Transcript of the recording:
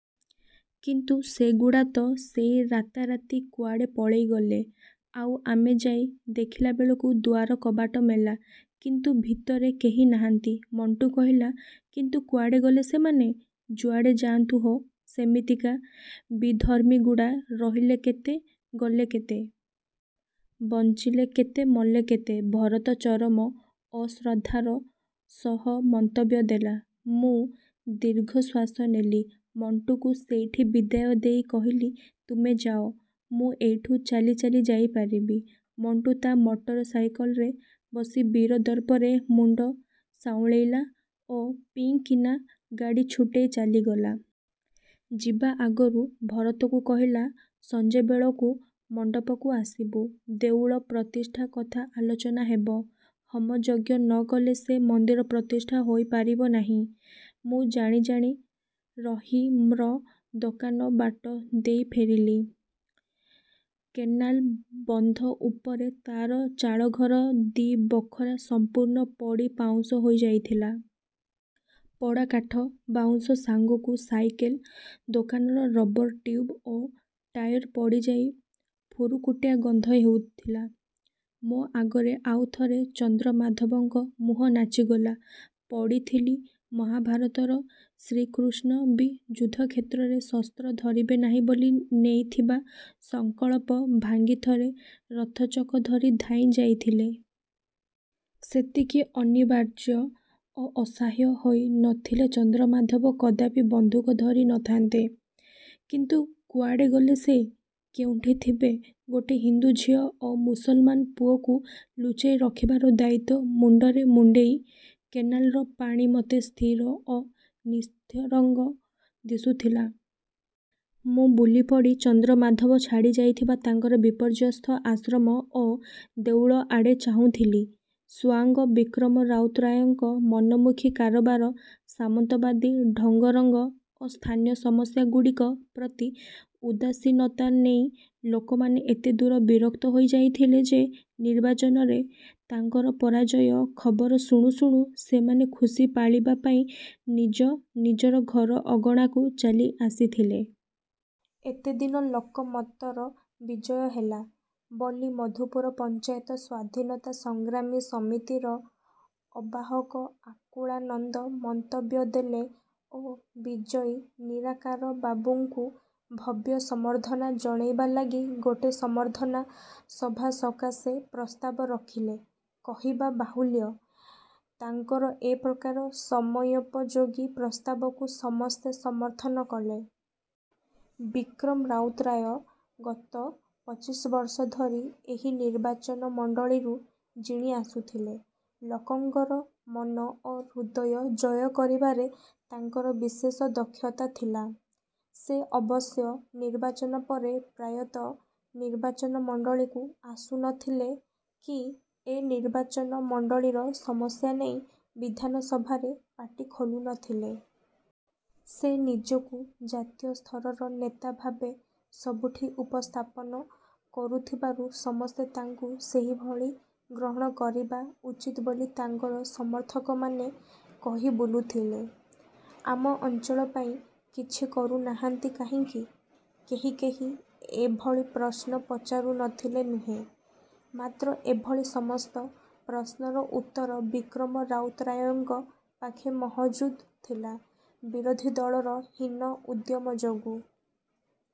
: କିନ୍ତୁ ସେଗୁଡ଼ା ତ ସେଇ ରାତାରାତି କୁଆଡ଼େ ପଳେଇଗଲେ। ଆଉ ଆମେ ଯାଇ ଦେଖିଲାବେଳକୁ ଦୁଆର କବାଟ ମେଲା, କିନ୍ତୁ ଭିତରେ କେହି ନାହାନ୍ତି। -ମଣ୍ଟୁ କହିଲା।: କିନ୍ତୁ କୁଆଡ଼େ ଗଲେ ସେମାନେ?: ଯୁଆଡ଼େ ଯାଆନ୍ତୁ ହୋ। ସେମିତିକା ବିଧର୍ମୀଗୁଡ଼ା ରହିଲେ କେତେ, ଗଲେ କେତେ-? ବଞ୍ଚିଲେ। କେତେ ମଲେ କେତେ? -ଭରତ ଚରମ ଅଶ୍ରଦ୍ଧାର ସହ ମନ୍ତବ୍ୟ ଦେଲା। ମୁଁ ଦୀର୍ଘଶ୍ୱାସ ନେଲି। ମଣ୍ଟୁକୁ ସେଇଠି ବିଦାୟ ଦେଇ କହିଲି, "ତୁମେ ଯାଅ, ମୁଁ ଏଇଠୁ ଚାଲି ଚାଲି ଯାଇପାରିବି। " ମଣ୍ଟୁ ତା ମଟରସାଇକେଲରେ ବସି ବୀରଦର୍ପରେ ମୁଣ୍ଡ ସାଉଁଳେଇଲା ଓ ପିଁ କିନା ଗାଡ଼ି ଛୁଟେଇ ଚାଲିଗଲା। ଯିବା ଆଗରୁ ଭରତକୁ କହିଲା, "ସଂଜବେଳକୁ ମଣ୍ଡପକୁ ଆସିବୁ। ଦେଉଳ ପ୍ରତିଷ୍ଠା କଥା ଆଲୋଚନା ହେବ। ହୋମ ଯଜ୍ଞ ନକଲେ ସେ ମନ୍ଦିର ପ୍ରତିଷ୍ଠା ହୋଇପାରିବ ନାହିଁ। ' ମୁଁ ଜାଣି ଜାଣି ରହିମ୍ର ଦୋକାନବାଟ ଦେଇ ଫେରିଲି। କେନାଲ ବନ୍ଧ ଉପରେ ତାର ଚାଳଘର ଦି'ବଖରା ସଂପୂର୍ଣ୍ଣ ପୋଡ଼ି ପାଉଁଶ ହୋଇଯାଇଥିଲା। ପୋଡ଼ା କାଠ, ବାଉଁଶ ସାଙ୍ଗକୁ ସାଇକେଲ୍ ଦୋକାନର ରବର ଟ୍ୟୁବ୍ ଓ ଟାୟାର ପୋଡ଼ିଯାଇ ଫୁରୁକୁଟିଆ ଗନ୍ଧ ହେଉଥିଲା। ମୋ ଆଗରେ ଆଉଥରେ ଚନ୍ଦ୍ରମାଧବଙ୍କ ମୁହଁ ନାଚିଗଲା। ପଢ଼ିଥିଲି, ମହାଭାରତର ଶ୍ରୀକୃଷ୍ଣ ବି ଯୁଦ୍ଧକ୍ଷେତ୍ରରେ ଶସ୍ତ୍ର ଧରିବେ ନାହିଁ ବୋଲି ନେଇଥିବା ସଂକଳ୍ପ ଭାଙ୍ଗି ଥରେ ରଥଚକ ଧରି ଧାଇଁ ଯାଇଥିଲେ। ସେତିକି ଅନିବାର୍ଯ୍ୟ ଓ ଅସହ୍ୟ ହୋଇ ନଥିଲେ ଚନ୍ଦ୍ରମାଧବ କଦାପି ବନ୍ଧୁକ ଧରି ନ ଥାନ୍ତେ। କିନ୍ତୁ କୁଆଡ଼େ ଗଲେ ସେ? କୋଉଠି ଥିବେ ଗୋଟେ ହିନ୍ଦୁ ଝିଅ ଓ ମୁସଲମାନ ପୁଅକୁ ଲୁଚେଇ ରଖିବାର ଦାୟିତ୍ୱ ମୁଣ୍ଡରେ ମୁଣ୍ଡେଇ? କେନାଲର ପାଣି ମୋତେ ସ୍ଥିର ଓ ନିସ୍ତରଙ୍ଗ ଦିଶୁଥିଲା। ମୁଁ ବୁଲିପଡ଼ି ଚନ୍ଦ୍ରମାଧବ ଛାଡ଼ିଯାଇଥିବା ତାଙ୍କର ବିପର୍ଯ୍ୟସ୍ତ ଆଶ୍ରମ ଓ ଦେଉଳ ଆଡ଼େ ଚାହୁଁଥିଲି। ସୁଆଙ୍ଗ ବିକ୍ରମ ରାଉତରାୟଙ୍କ ମନମୁଖୀ କାରବାର, ସାମନ୍ତବାଦୀ ଢଙ୍ଗରଙ୍ଗ ଓ ସ୍ଥାନୀୟ ସମସ୍ୟା ଗୁଡ଼ିକ ପ୍ରତି ଉଦାସୀନତା ନେଇ ଲୋକମାନେ ଏତେଦୂର ବିରକ୍ତ ହୋଇଯାଇଥିଲେ ଯେ ନିର୍ବାଚନରେ ତାଙ୍କର ପରାଜୟ ଖବର ଶୁଣୁ ଶୁଣୁ ସେମାନେ ଖୁସି ପାଳିବା ପାଇଁ ନିଜ ନିଜର ଘର ଅଗଣାକୁ ଚାଲିଆସିଥିଲେ। 'ଏତେଦିନ ଲୋକମତର ବିଜୟ ହେଲା' ବୋଲି 'ମଧୁପୁର ପଞ୍ଚାୟତ ସ୍ୱାଧୀନତା ସଂଗ୍ରାମୀ ସମିତି'ର ଅବାହକ ଆକୁଳାନନ୍ଦ ମନ୍ତବ୍ୟ ଦେଲେ ଓ ବିଜୟୀ ନିରାକାରବାବୁଙ୍କୁ ଭବ୍ୟ ସମ୍ବର୍ଦ୍ଧନା ଜଣାଇବାଲାଗି ଗୋଟେ ସମ୍ବର୍ଦ୍ଧନା ସଭା ସକାଶେ ପ୍ରସ୍ତାବ ରଖିଲେ। କହିବା ବାହୁଲ୍ୟ, ତାଙ୍କର ଏପ୍ରକାର ସମୟୋପଯୋଗୀ ପ୍ରସ୍ତାବକୁ ସମସ୍ତେ ସମର୍ଥନ କଲେ। ବିକ୍ରମ ରାଉତରାୟ ଗତ ପଚିଶ ବର୍ଷ ଧରି ଏହି ନିର୍ବାଚନ ମଣ୍ଡଳୀରୁ ଜିଣିଆସୁଥିଲେ। ଲୋକଙ୍କର ମନ ଓ ହୃଦୟ ଜୟ କରିବାରେ ତାଙ୍କର ବିଶେଷ ଦକ୍ଷତା ଥିଲା। ସେ ଅବଶ୍ୟ ନିର୍ବାଚନ ପରେ ପ୍ରାୟତଃ ନିର୍ବାଚନ ମଣ୍ଡଳୀକୁ ଆସୁ ନଥିଲେ କି ଏ ନିର୍ବାଚନ ମଣ୍ଡଳୀର ସମସ୍ୟା ନେଇ ବିଧାନସଭାରେ ପାଟି ଖୋଲୁ ନଥିଲେ। ସେ ନିଜକୁ ଜାତୀୟ ସ୍ତରର ନେତା ଭାବେ ସବୁଠି ଉପସ୍ଥାପନ କରୁଥିବାରୁ ସମସ୍ତେ ତାଙ୍କୁ ସେହିଭଳି ଗ୍ରହଣ କରିବା ଉଚିତ ବୋଲି ତାଙ୍କର ସମର୍ଥକମାନେ କହି ବୁଲୁଥିଲେ। ଆମ ଅଞ୍ଚଳ ପାଇଁ କିଛି କରୁନାହାନ୍ତି କାହିଁକି-କେହି କେହି ଏଭଳି ପ୍ରଶ୍ନ ପଚାରୁ ନଥିଲେ ନୁହେଁ; ମାତ୍ର ଏଭଳି ସମସ୍ତ ପ୍ରଶ୍ନର ଉତ୍ତର ବିକ୍ରମ ରାଉତରାୟଙ୍କ ପାଖେ ମହଜୁଦ ଥିଲା। 'ବିରୋଧୀ ଦଳର ହୀନ ଉଦ୍ୟମ ଯୋଗୁ